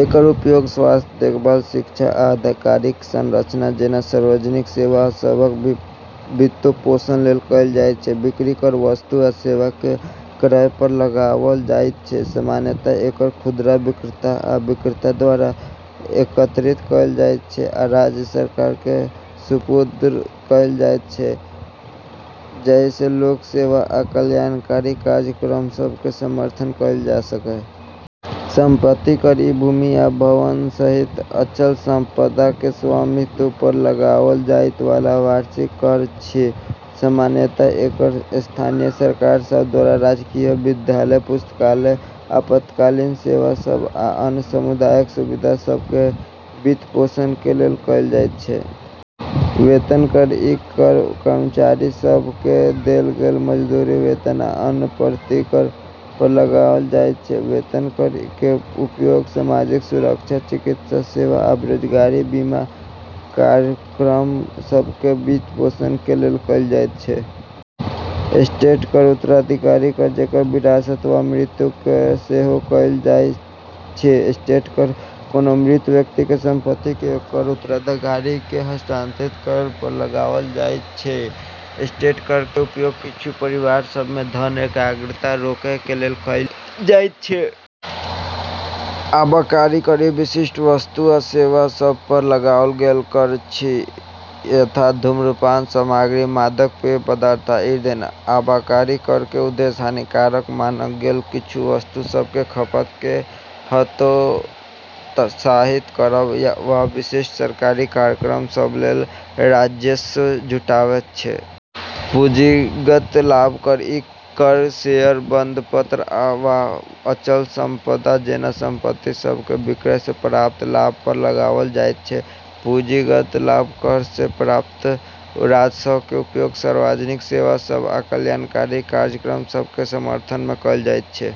एकर उपयोग स्वास्थ्य देखभाल, शिक्षा, आ आधारिक संरचना जेना सार्वजनिक सेवा सभक वित्तपोषण लेल कएल जाइत छै। बिक्री कर: वस्तु आ सेवा के क्रय पर लगाओल जाइत अछि, सामान्यतः एकरा खुदरा विक्रेता आ विक्रेता द्वारा एकत्रित कएल जाइत छै आ राज्य सरकार के सुपुर्द कएल जाइत छै, जाहि सँ लोक सेवा आ कल्याणकारी कार्यक्रम सभ के समर्थन कएल जा सकय। संपत्ति कर: ई भूमि आ भवन सहित अचल संपदा के स्वामित्व पर लगाओल जाइत वाला वार्षिक कर अछि। सामान्यतः एकरा स्थानीय सरकार सभ द्वारा राजकीय विद्यालय, पुस्तकालय, आपातकालीन सेवा सभ, आ अन्य सामुदायिक सुविधा सभ के वित्तपोषण के लेल कएल जाइत छै। वेतन कर: ई कर कर्मचारी सभ के देल गेल मजदूरी, वेतन, आ अन्य प्रतिकर पर लगाओल जाइत छै। वेतन कर के उपयोग सामाजिक सुरक्षा, चिकित्सा सेवा, आ बेरोजगारी बीमा कार्यक्रम सभ के वित्तपोषण के लेल कएल जाइत छै। एस्टेट कर (उत्तराधिकार कर): जेकरा विरासत वा मृत्यु कर सेहो कहल जाइत अछि, एस्टेट कर कोनो मृत व्यक्ति के संपत्ति के ओकर उत्तराधिकारी के हस्तांतरित करय पर लगाओल जाइत अछि। एस्टेट कर के उपयोग किछु परिवार सभ में धन के एकाग्रता रोकय के लेल कएल जाइत छै, आ जे राजस्व प्राप्त होइत छै ओकर उपयोग सार्वजनिक सेवा के वित्तपोषण के लेल कएल जाइत छै। आबकारी कर: ई विशिष्ट वस्तु आ सेवा सभ पर लगाओल गेल कर अछि, यथा धूम्रपान सामग्री, मादक पेय पदार्थ, आ ईंधन। आबकारी कर के उद्देश्य हानिकारक मानल गेल किछु वस्तु सभ के खपत के हतोत्साहित करब वा विशिष्ट सरकारी कार्यक्रम सभ लेल राजस्व जुटबैत छै। पूंजीगत लाभ कर: ई कर शेयर, बंधपत्र, वा अचल संपदा जेना संपत्ति सभ के विक्रय सँ प्राप्त लाभ पर लगाओल जाइत छै। पूंजीगत लाभ कर सँ प्राप्त राजस्व के उपयोग सार्वजनिक सेवा सभ आ कल्याणकारी कार्यक्रम सभ के समर्थन में कएल जाइत छै।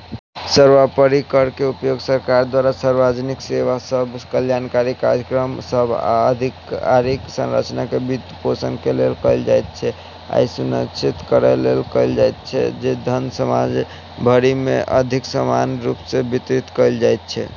सर्वोपरि, कर के उपयोग सरकार द्वारा सार्वजनिक सेवा सभ, कल्याणकारी कार्यक्रम सभ, आ आधारिक संरचना के वित्तपोषण के लेल कएल जाइत छै, आ ई सुनिश्चित करय लेल कएल जाइत छै जे धन समाज भरिमे अधिक समान रूप सँ वितरित कयल जाइत छै।